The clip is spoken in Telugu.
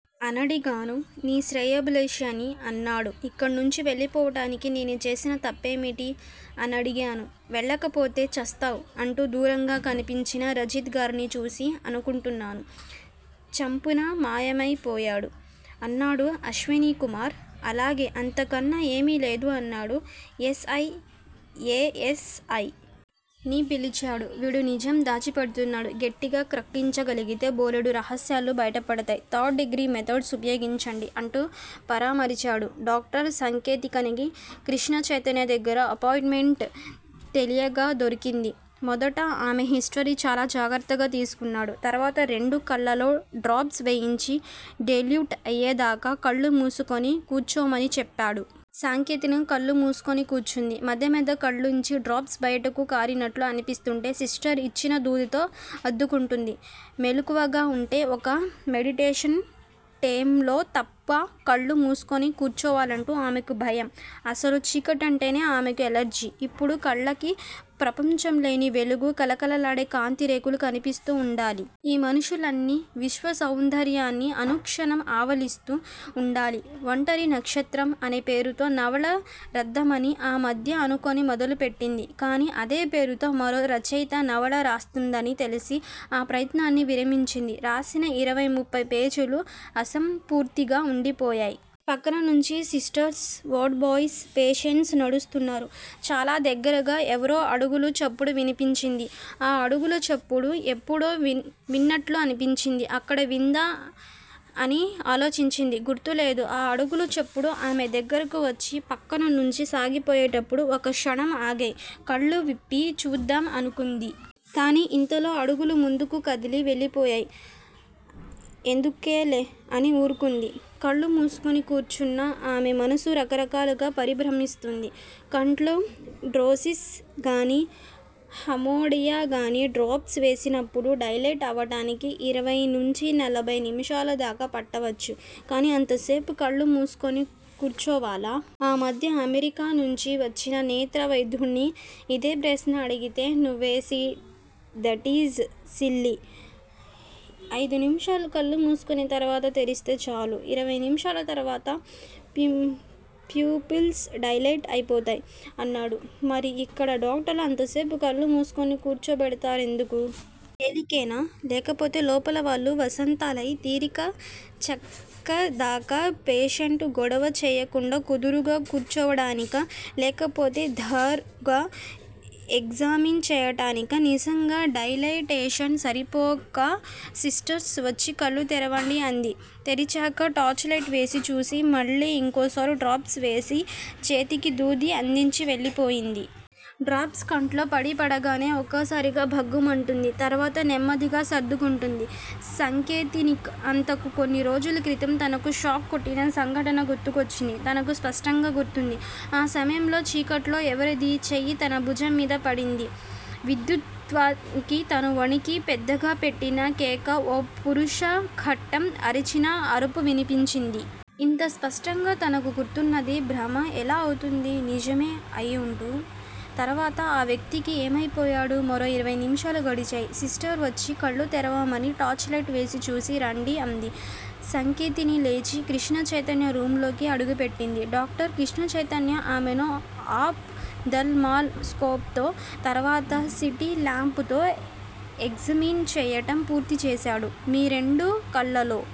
అనడిగాను. 'నీ శ్రేయోభిలాషిని' అన్నాడు. 'ఇక్కడ్నుంచి వెళ్ళిపోవటానికి నేను చేసిన తప్పేమిటి' అనడిగాను. 'వెళ్ళకపోతే చస్తావు' అంటూ దూరంగా కనిపించిన రంజితగార్ని చూసి అనుకుంటాను, చప్పున మాయమై పోయాడు అన్నాడు అశ్వనీకుమార్. అలాగా? అంతకన్నా ఏమీ తెలీదా? అన్నాడు S. I. A. S. I. ని పిలిచాడు. వీడు నిజం దాచిపెడుతున్నాడు. గట్టిగా క్రక్కించగలిగితే బోలెడు రహస్యాలు బయటపడతాయి. థర్డ్ డిగ్రీ మెథడ్స్ ఉపయోగించండి అంటూ పురమాయించాడు. డాక్టరు సంకేతినికి కృష్ణచైతన్య దగ్గర అపాయింట్ మెంట్ తేలిగ్గా దొరికింది. మొదట ఆమె హిస్టరీ చాలా జాగ్రత్తగా తీసుకున్నాడు. తర్వాత రెండు కళ్ళలో డ్రాప్స్ వేయించి డైల్యూట్ అయ్యేదాకా కళ్ళు మూసుకుని కూచోమని చెప్పాడు. సంకేతిని కళ్ళు మూసుకుని కూర్చుంది. మధ్య మధ్య కళ్ళలోంచి డ్రాప్స్ బయటకు కారినట్లు అనిపిస్తోంటే సిస్టర్ ఇచ్చిన దూదితో అద్దుకుంటోంది. మెలకువగా ఉంటే ఒక్క మెడిటేషన్ టైములో తప్ప కళ్ళు మూసుకుని కూర్చోవాలంటే ఆమెకు భయం. అసలు చీకటంటేనే ఆమెకు ఎలర్జీ. ఎప్పుడూ కళ్ళకి ప్రపంచంలోని వెలుగూ, కళకళలాడే కాంతిరేఖలు కనిపిస్తూ ఉండాలి. ఈ మనుషుల్నీ, విశ్వసౌందర్యాన్నీ అనుక్షణం అవలోకిస్తూ ఉండాలి. 'ఒంటరి నక్షత్రం' అనే పేరుతో నవల రాద్దామని ఆ మధ్య అనుకుని మొదలుపెట్టింది. కాని, అదే పేరుతో మరో రచయిత్రి నవల రాస్తోందని తెలిసి ఆ ప్రయత్నాన్ని విరమించింది. రాసిన ఇరవై, ముప్పై పేజీలు అసంపూర్తిగానే వుండిపోయాయి. ప్రక్కనుంచి సిస్టర్సూ, వార్డుబాయ్స్, పేషెంట్స్ నడుస్తున్నారు చాలా దగ్గరగా ఎవరివో అడుగుల చప్పుడు వినిపించింది. ఆ అడుగులచప్పుడు ఎప్పుడో విన్నట్లనిపించింది. ఎక్కడ విందా అని ఆలోచించింది. గుర్తు రాలేదు. ఆ అడుగుల చప్పుడు ఆమె దగ్గరకు వచ్చి ప్రక్కనుంచి సాగిపోయేటప్పుడు ఒక్క క్షణం ఆగాయి. కళ్ళు విప్పి చూద్దామా అనుకుంది. కాని ఇంతలో అడుగులు ముందుకు కదిలి వెళ్ళిపోయాయి. ఎందుకులే అని ఊరుకుంది. కళ్ళు మూసుకొని కూర్చున్న ఆమె మనసు రకరకాల పరిభ్రమిస్తోంది. కంట్లో డ్రోసిన్ గాని, హోమైడ్ గాని డ్రాప్స్ వేసినప్పుడు డైలేట్ అవటానికి ఇరవై నుంచి నలభయి నిమిషాలదాకా పట్టవచ్చు. కానీ అంతసేపూ కళ్ళు మూసుకుని కూర్చోవాలా? ఆ మధ్య అమెరికా నుంచి వచ్చిన నేత్ర వైద్యుడొకర్ని ఇదే ప్రశ్న అడిగితే, నవ్వేసి దటీజ్ సిల్లీ! ఐదు నిమిషాలు కళ్ళు మూసుకుని తర్వాత తెరిస్తే చాలు. ఇరవై నిమిషాల తర్వాత ప్యూపిల్స్ డైలేట్ అయిపోతాయి అన్నాడు. మరి ఇక్కడ డాక్టర్లు అంతసేపు కళ్ళుమూసి కూచోబెడతారెందుకు? తెలీకనా? లేకపోతే లోపల వాళ్ళ వసంతాలయి తీరిక చిక్కేదాకా పేషెంట్ గొడవ చెయ్యకుండా, కుదురుగా కూర్చోవడానికా? లేకపోతే థరోగా ఎగ్జామిన్ చెయ్యటానికి నిజంగా డైలటేషన్ సరిపోకనా? సిస్టరు వచ్చి కళ్ళు తెరవండి అంది. తెరిచాక టార్చిలైటు వేసి చూసి, మళ్ళీ ఇంకోసారి డ్రాప్స్ వేసి చేతికి దూది అందించి వెళ్ళిపోయింది. డ్రాప్స్ కంట్లో పడీపడగానే ఒక్కసారిగా భగ్గుమంటుంది. తర్వాత నెమ్మదిగా సర్దుకుంటుంది. సంకేతినికి అంతకు కొన్నిరోజుల క్రితం తనకు షాక్ కొట్టిన సంఘటన గుర్తుకువచ్చింది. తనకు స్పష్టంగా గుర్తుంది. ఆ సమయంలో చీకట్లో ఎవరిదో చెయ్యి తన భుజంమీద పడింది. విద్యుద్ఘాతానికి తాను వణికి పెద్దగా పెట్టిన కేక ఓ పురుషకంఠం అరిచిన అరుపు వినిపించింది. ఇంత స్పష్టంగా తనకు గుర్తున్నది భ్రమ ఎలా అవుతుంది? నిజమే అయివుంటే తర్వాత ఆ వ్యక్తి ఏమైపోయాడు? మరో ఇరవై నిమిషాలు గడిచాయి. సిస్టర్ వచ్చి కళ్ళు తెరవమని టార్చిలైట్ వేసి చూసి రండి అంది. సంకేతిని లేచి కృష్ణచైతన్య రూమ్ లోకి అడుగుపెట్టింది. డాక్టర్ కృష్ణచైతన్య ఆమెను అప్ థల్ మాల్ స్కోప్ తో తర్వాత సిట్ ల్యాంప్ తో ఎగ్జామిన్ చెయ్యటం పూర్తిచేశాడు. మీ రెండు కళ్ళలో-